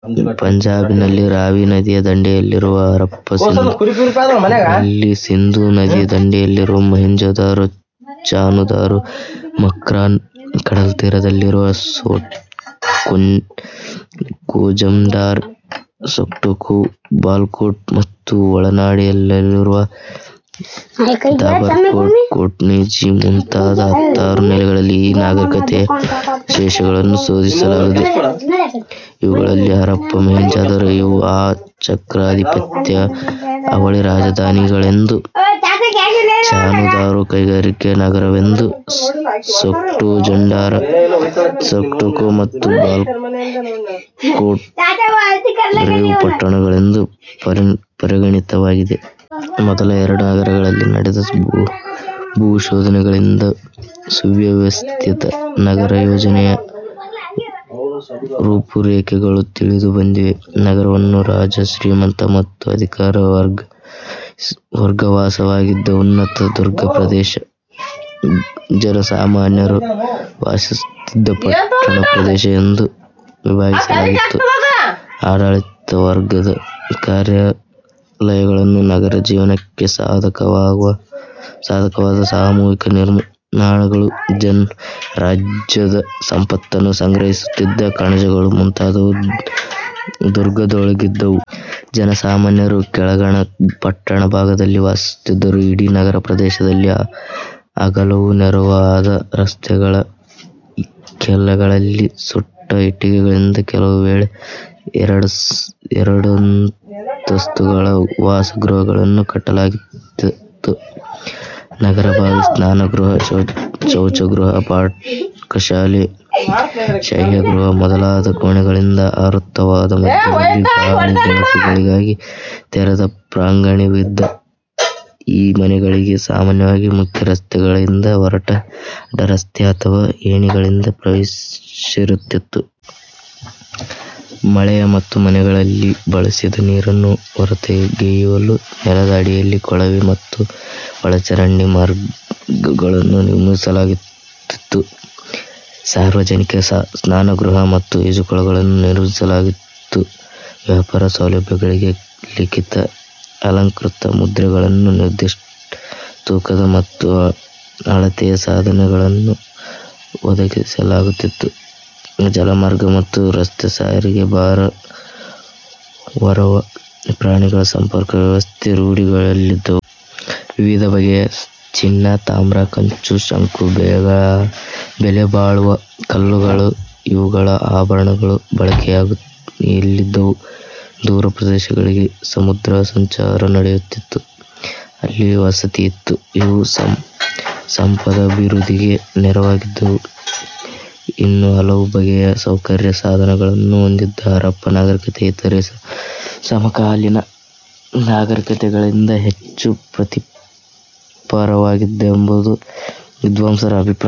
ಪಂಜಾಬಿನಲ್ಲಿ ರಾವಿ ನದಿಯ ದಂಡೆಯಲ್ಲಿರುವ ಹರಪ್ಪ, ಸಿಂಧ್ನಲ್ಲಿ ಸಿಂಧೂ ನದಿಯ ದಂಡೆಯಲ್ಲಿರುವ ಮೊಹೆಂಜೊದಾರೊ, ಚಾನ್ಹುದಾರೊ, ಮಕ್ರಾನ್, ಕಡಲುತೀರದಲ್ಲಿರುವ ಸೋಟ್ ಕೋಜಂಡಾರ್, ಸೋಟ್ಕೋಖೋ, ಬಾಲಕೋಟ, ಮತ್ತು ಒಳನಾಡಿನಲ್ಲಿರುವ ದಾಬರಕೋಟ್, ಕೋಟ್ದೀಜಿ ಮುಂತಾದ ಹತ್ತಾರು ನೆಲೆಗಳಲ್ಲಿ ಆ ನಾಗರಿಕತೆಯ ಅವಶೇಷಗಳನ್ನು ಶೋಧಿಸಲಾಗಿದೆ. ಇವುಗಳಲ್ಲಿ ಹರಪ್ಪಾ, ಮೊಹೆಂಜೊದಾರೊ ಇವು ಆ ಚಕ್ರಾಧಿಪತ್ಯದ ಅವಳಿ ರಾಜಧಾನಿಗಳೆಂದೂ ಚಾನ್ಹುದಾರೊ ಕೈಗಾರಿಕಾ ನಗರವೆಂದೂ ಸೋಟ್ಕೋಜಂಡಾರ, ಸೊಟ್ಕೋಖೋ ಮತ್ತು ಬಾಲಕ್ಕೋಟ್ ರೇವುಪಟ್ಟಣಗಳೆಂದೂ ಪರಿಗಣಿತವಾಗಿವೆ. ಮೊದಲ ಎರಡು ನಗರಗಳಲ್ಲಿ ನಡೆದ ಭೂಶೋಧನೆಗಳಿಂದ ಸುವ್ಯವಸ್ಥಿತ ನಗರಯೋಜನೆಯ ರೂಪುರೇಷೆಗಳು ತಿಳಿದುಬಂದಿವೆ. ನಗರವನ್ನು ರಾಜ, ಶ್ರೀಮಂತ ಮತ್ತು ಅಧಿಕಾರ ವರ್ಗವಾಸವಾಗಿದ್ದ ಉನ್ನತ ದುರ್ಗ ಪ್ರದೇಶ, ಜನಸಾಮಾನ್ಯರು ವಾಸಿಸುತ್ತಿದ್ದ ಪಟ್ಟಣ ಪ್ರದೇಶ ಎಂದು ವಿಭಾಗಿಸಲಾಗಿತ್ತು. ಆಡಳಿತ ವರ್ಗದ ಕಾರ್ಯಾಲಯಗಳು, ನಗರ ಜೀವನಕ್ಕೆ ಸಾಧಕವಾದ ಸಾಮೂಹಿಕ ನಿರ್ಮಾಣಗಳು, ರಾಜ್ಯದ ಸಂಪತ್ತನ್ನು ಸಂಗ್ರಹಿಸುತ್ತಿದ್ದ ಕಣಜಗಳು ಮುಂತಾದವು ದುರ್ಗದೊಳಗಿದ್ದುವು. ಜನಸಾಮಾನ್ಯರು ಕೆಳಗಣ ಪಟ್ಟಣ ಭಾಗದಲ್ಲಿ ವಾಸಿಸುತ್ತಿದ್ದರು. ಇಡೀ ನಗರಪ್ರದೇಶದಲ್ಲಿ ಅಗಲವೂ ನೇರವೂ ಆದ ರಸ್ತೆಗಳ ಇಕ್ಕೆಲಗಳಲ್ಲಿ ಸುಟ್ಟ ಇಟ್ಟಿಗೆಗಳಿಂದ ಕೆಲವು ವೇಳೆ ಎರಡಂತಸ್ತುಗಳ ವಾಸಗೃಹಗಳನ್ನು ಕಟ್ಟಲಾಗುತ್ತಿತ್ತು. ನೀರಿನ ಬಾವಿ, ಸ್ನಾನಗೃಹ, ಶೌಚಗೃಹ, ಪಾಕಶಾಲೆ, ಶಯ್ಯಾಗೃಹ ಮೊದಲಾದ ಕೋಣೆಗಳಿಂದ ಆವೃತವಾದ, ಮಧ್ಯದಲ್ಲಿ ಗಾಳಿ ಬೆಳಕುಗಳಿಗಾಗಿ ತೆರೆದ ಪ್ರಾಂಗಣವಿದ್ದ ಈ ಮನೆಗಳಿಗೆ ಸಾಮಾನ್ಯವಾಗಿ ಮುಖ್ಯ ರಸ್ತೆಗಳಿಂದ ಹೊರಟ ಅಡ್ಡರಸ್ತೆ ಅಥವಾ ಏಣಿಗಳಿಂದ ಪ್ರವೇಶವಿರುತ್ತಿತ್ತು. ಮಳೆಯ ಮತ್ತು ಮನೆಗಳಲ್ಲಿ ಬಳಸಿದ ನೀರನ್ನು ಹೊರಗೊಯ್ಯಲು ನೆಲದ ಅಡಿಯಲ್ಲಿ ಕೊಳವೆ ಮತ್ತು ಒಳಚರಂಡಿ ಮಾರ್ಗಗಳನ್ನು ನಿರ್ಮಿಸಲಾಗಿತ್ತು. ಸಾರ್ವಜನಿಕ ಸ್ನಾನಗೃಹ ಮತ್ತು ಈಜುಕೊಳಗಳನ್ನು ನಿರ್ಮಿಸಲಾಗಿತ್ತು. ವ್ಯಾಪಾರ ಸೌಲಭ್ಯಗಳಿಗೆ ಲಿಖಿತ-ಅಲಂಕೃತ ಮುದ್ರೆಗಳನ್ನು, ನಿರ್ದಿಷ್ಟ ತೂಕದ ಮತ್ತು ಅಳತೆಯ ಸಾಧನಗಳನ್ನು ಒದಗಿಸಲಾಗುತ್ತಿತ್ತು. ಜಲಮಾರ್ಗ ಮತ್ತು ರಸ್ತೆಸಾರಿಗೆ, ಭಾರ ಹೊರುವ ಪ್ರಾಣಿಗಳ ಸಂಪರ್ಕ ವ್ಯವಸ್ಥೆ ರೂಢಿಯಲ್ಲಿದ್ದುವು. ವಿವಿಧ ಬಗೆಯ ಚಿನ್ನ ತಾಮ್ರ, ಕಂಚು, ಶಂಕು, ಬೆಲೆಬಾಳುವ ಕಲ್ಲುಗಳು ಇವುಗಳ ಆಭರಣಗಳು ಬಳಕೆಯಲ್ಲಿದ್ದುವು. ದೂರ ಪ್ರದೇಶಗಳಿಗೆ ಸಮುದ್ರಸಂಚಾರ ನಡೆಯುತ್ತಿತ್ತು. ಅಲ್ಲಿ ವಸತಿಯಿತ್ತು. ಇವು ಸಂಪದಭಿವೃದ್ಧಿಗೆ ನೆರವಾಗಿದ್ದುವು. ಇನ್ನೂ ಹಲವು ಬಗೆಯ ಸೌಕರ್ಯ ಸಾಧನಗಳನ್ನು ಹೊಂದಿದ್ದ ಹರಪ್ಪ ನಾಗರಿಕತೆ ಇತರ ಸಮಕಾಲೀನ ನಾಗರಿಕತೆಗಳಿಗಿಂತ ಹೆಚ್ಚು ಪ್ರಗತಿಪರವಾದ್ದೆಂಬುದು ವಿದ್ವಾಂಸರ ಅಭಿಪ್ರಾಯ.